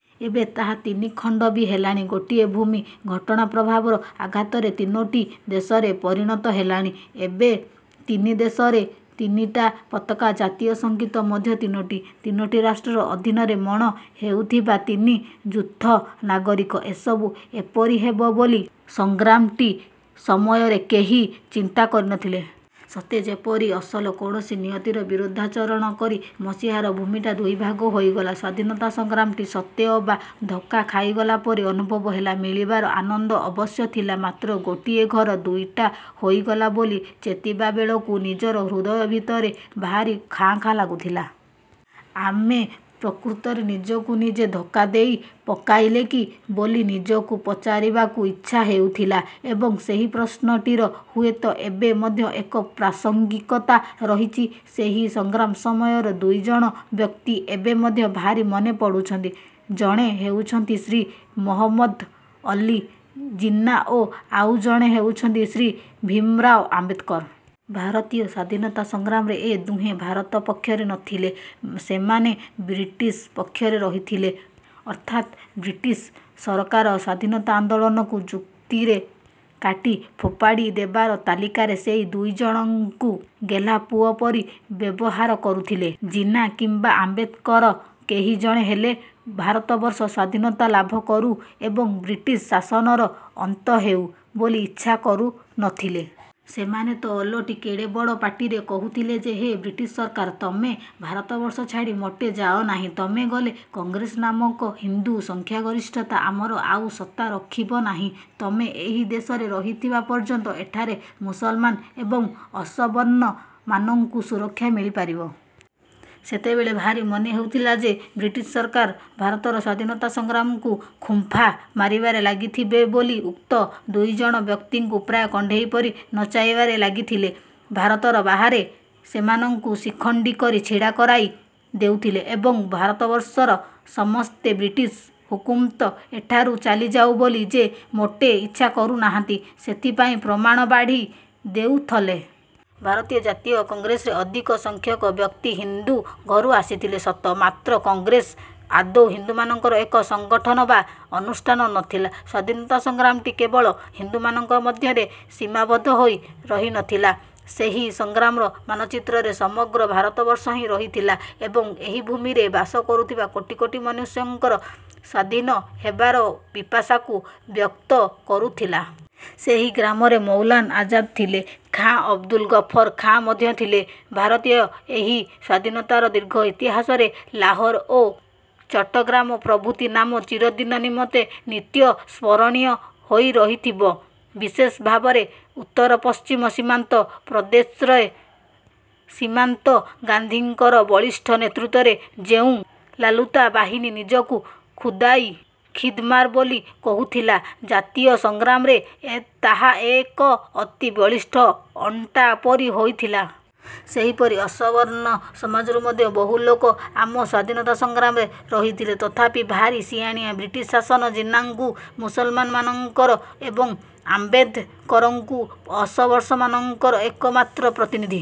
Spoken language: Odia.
ଏବେ ତାହା ତିନିଖଣ୍ଡ ବି ହେଲାଣି। ଗୋଟିଏ ଭୂମି ଘଟଣାପ୍ରଭାବ ଆଘାତରେ ତିନୋଟି ଦେଶରେ ପରିଣତ ହେଲାଣି। ଏବେ ତିନି ଦେଶରେ ତିନିଟା ପତକା, ଜାତୀୟ ସଂଗୀତ ମଧ୍ୟ ତିନୋଟି। ତିନୋଟି ରାଷ୍ଟ୍ରର ଅଧିନରେ ମଣ ହେଉଥିବା ତିନି ଯୂଥ ନାଗରିକ। ଏସବୁ ଏପରି ହେବ ବୋଲି ସଂଗ୍ରାମଟି ସମୟରେ କେହି ଚିନ୍ତା କରିନଥିଲେ। ସତେ ଯେପରି ଅସଲ କୌଣସି ନିୟତିର ବିରୋଧାଚରଣ କରି ମସିହାର ଭୂମିଟା ଦୁଇଭାଗ ହୋଇଗଲା। ସ୍ୱାଧୀନତା ସଂଗ୍ରାମଟି ସତେ ଅବା ଧକ୍କା ଖାଇଗଲା ପରି ଅନୁଭବ ହେଲା, ମିଳିବାର ଆନନ୍ଦ ଅବଶ୍ୟ ଥିଲା। ମାତ୍ର ଗୋଟିଏ ଘର ଦୁଇଟା ହୋଇଗଲା ବୋଲି ଚେତିବା ବେଳକୁ ନିଜର ହୃଦୟ ଭିତରେ ଭାରି ଖାଁ ଖାଁ ଲାଗୁଥିଲା। ଆମେ ପ୍ରକୃତରେ ନିଜକୁ ନିଜେ ଧୋକା ଦେଇ ପକାଇଲେ କି? ବୋଲି ନିଜକୁ ପଚାରିବାକୁ ଇଚ୍ଛା ହେଉଥିଲା। ଏବଂ ସେହି ପ୍ରଶ୍ନଟିର ହୁଏତ ଏବେ ମଧ୍ୟ ଏକ ପ୍ରାସଙ୍ଗିକତା ରହିଛି। ସେହି ସଂଗ୍ରାମ ସମୟର ଦୁଇଜଣ ବ୍ୟକ୍ତି ଏବେ ମଧ୍ୟ ଭାରି ମନେ ପଡୁଛନ୍ତି। ଜଣେ ହେଉଛନ୍ତି ଶ୍ରୀ ମହମ୍ମଦ ଅଲ୍ଲୀ ଜିନ୍ନା ଓ ଆଉ ଜଣେ ହେଉଛନ୍ତି ଶ୍ରୀ ଭୀମରାଓ ଆମ୍ବେଦକର। ଭାରତୀୟ ସ୍ଵାଧୀନତା ସଂଗ୍ରାମରେ ଏ ଦୁହେଁ ଭାରତ ପକ୍ଷରେ ନଥିଲେ, ସେମାନେ ବ୍ରିଟିଶ ପକ୍ଷରେ ରହିଥିଲେ। ଅର୍ଥାତ୍ ବ୍ରିଟିଶ୍ ସରକାର ସ୍ୱାଧୀନତା ଆନ୍ଦୋଳନକୁ ଯୁକ୍ତିରେ କାଟି ଫୋପାଡ଼ି ଦେବାର ତାଲିକାରେ ସେହି ଦୁଇଜଣଙ୍କୁ ଗେହ୍ଲାପୁଅ ପରି ବ୍ୟବହାର କରୁଥିଲେ। ଜିନ୍ନା କିମ୍ବା ଆମ୍ବେଦକର କେହି ଜଣେ ହେଲେ ଭାରତବର୍ଷ ସ୍ଵାଧୀନତା ଲାଭ କରୁ ଏବଂ ବ୍ରିଟିଶ ଶାସନର ଅନ୍ତ ହେଉ ବୋଲି ଇଚ୍ଛା କରୁନଥିଲେ। ସେମାନେ ତ ଓଲଟି କେଡ଼େ ବଡ଼ ପାଟିରେ କହୁଥିଲେ ଯେ ହେ ବ୍ରିଟିଶ ସରକାର, ତମେ ଭାରତବର୍ଷ ଛାଡ଼ି ମୋଟେ ଯାଅନାହିଁ। ତମେ ଗଲେ କଂଗ୍ରେସ ନାମକ ହିନ୍ଦୁ ସଂଖ୍ୟାଗରିଷ୍ଠତା ଆମର ଆଉ ସତ୍ତା ରଖିବ ନାହିଁ। ତୁମେ ଏହି ଦେଶରେ ରହିଥିବା ପର୍ଯ୍ୟନ୍ତ ଏଠାରେ ମୁସଲମାନ ଏବଂ ଅସବର୍ଣ୍ଣ ମାନଙ୍କୁ ସୁରକ୍ଷା ମିଳିପାରିବ। ସେତେବେଳେ ଭାରି ମନେ ହେଉଥିଲା ଯେ, ବ୍ରିଟିଶ ସରକାର ଭାରତର ସ୍ୱାଧୀନତା ସଂଗ୍ରାମକୁ ଖୁମ୍ଫା ମାରିବାରେ ଲାଗିଥିବେ ବୋଲି ଉକ୍ତ ଦୁଇଜଣ ବ୍ୟକ୍ତିଙ୍କୁ ପ୍ରାୟ କଣ୍ଢେଇପରି ନଚାଇବାରେ ଲାଗିଥିଲେ। ଭାରତର ବାହାରେ ସେମାନଙ୍କୁ ଶିଖଣ୍ଡୀ କରି ଛିଡ଼ା କରାଇ ଦେଉଥିଲେ ଏବଂ ଭାରତବର୍ଷର ସମସ୍ତେ ବ୍ରିଟିଶ ହୁକୁମତ ଏଠାରୁ ଚାଲିଯାଉ ବୋଲି ଯେ ମୋଟେ ଇଚ୍ଛା କରୁନାହାନ୍ତି, ସେଥିପାଇଁ ପ୍ରମାଣ ବାଢ଼ି ଦେଉଥଲେ। ଭାରତୀୟ ଜାତୀୟ କଂଗ୍ରେସରେ ଅଧିକ ସଂଖ୍ୟକ ବ୍ୟକ୍ତି ହିନ୍ଦୁ ଘରୁ ଆସିଥିଲେ ସତ, ମାତ୍ର କଂଗ୍ରେସ ଆଦୌ ହିନ୍ଦୁମାନଙ୍କର ଏକ ସଂଗଠନ ବା ଅନୁଷ୍ଠାନ ନଥିଲା। ସ୍ଵାଧୀନତା ସଂଗ୍ରାମଟି କେବଳ ହିନ୍ଦୁମାନଙ୍କ ମଧ୍ୟରେ ସୀମାବଦ୍ଧ ହୋଇ ରହିନଥିଲା ସେହି ସଂଗ୍ରାମର ମାନଚିତ୍ରରେ ସମଗ୍ର ଭାରତବର୍ଷ ହିଁ ରହିଥିଲା ଏବଂ ଏହି ଭୂମିରେ ବାସ କରୁଥିବା କୋଟି କୋଟି ମନୁଷ୍ୟଙ୍କର ସ୍ୱାଧୀନ ହେବାର ପିପାସାକୁ ବ୍ୟକ୍ତ କରୁଥିଲା। ସେହି ଗ୍ରାମରେ ମୌଲାନ ଆଜାଦ୍ ଥିଲେ, ଖାଁ ଅବଦୁଲ ଗଫର ଖାଁ ମଧ୍ୟ ଥିଲେ। ଭାରତୀୟ ଏହି ସ୍ୱାଧୀନତାର ଦୀର୍ଘ ଇତିହାସରେ ଲାହୋର ଓ ଚଟ୍ଟଗ୍ରାମ ପ୍ରଭୃତି ନାମ ଚିରଦିନ ନିମନ୍ତେ ନିତ୍ୟ ସ୍ମରଣୀୟ ହୋଇ ରହିଥିବ। ବିଶେଷ ଭାବରେ ଉତ୍ତର ପଶ୍ଚିମ ସୀମାନ୍ତ ପ୍ରଦେଶରେ ସୀମାନ୍ତ ଗାନ୍ଧୀଙ୍କର ବଳିଷ୍ଠ ନେତୃତ୍ୱରେ ଯେଉଁ ଲାଲୁତ୍ତା ବାହିନୀ ନିଜକୁ ଖୁଦାଇ ଖିଦମାର ବୋଲି କହୁଥିଲା, ଜାତୀୟ ସଂଗ୍ରାମରେ ତାହା ଏକ ଅତି ବଳିଷ୍ଠ ଅଣ୍ଟା ପରି ହୋଇଥିଲା। ସେହିପରି ଅସବର୍ଣ୍ଣ ସମାଜରୁ ମଧ୍ୟ ବହୁ ଲୋକ ଆମ ସ୍ୱାଧୀନତା ସଂଗ୍ରାମରେ ରହିଥିଲେ ତଥାପି ଭାରି ସିଆଣିଆ ବ୍ରିଟିଶ୍ ଶାସନ ଜିନ୍ନାଙ୍କୁ ମୁସଲମାନ ମାନଙ୍କର ଏବଂ ଆମ୍ବେଦକରଙ୍କୁ ଅସବର୍ଷ ମାନଙ୍କର ଏକମାତ୍ର ପ୍ରତିନିଧି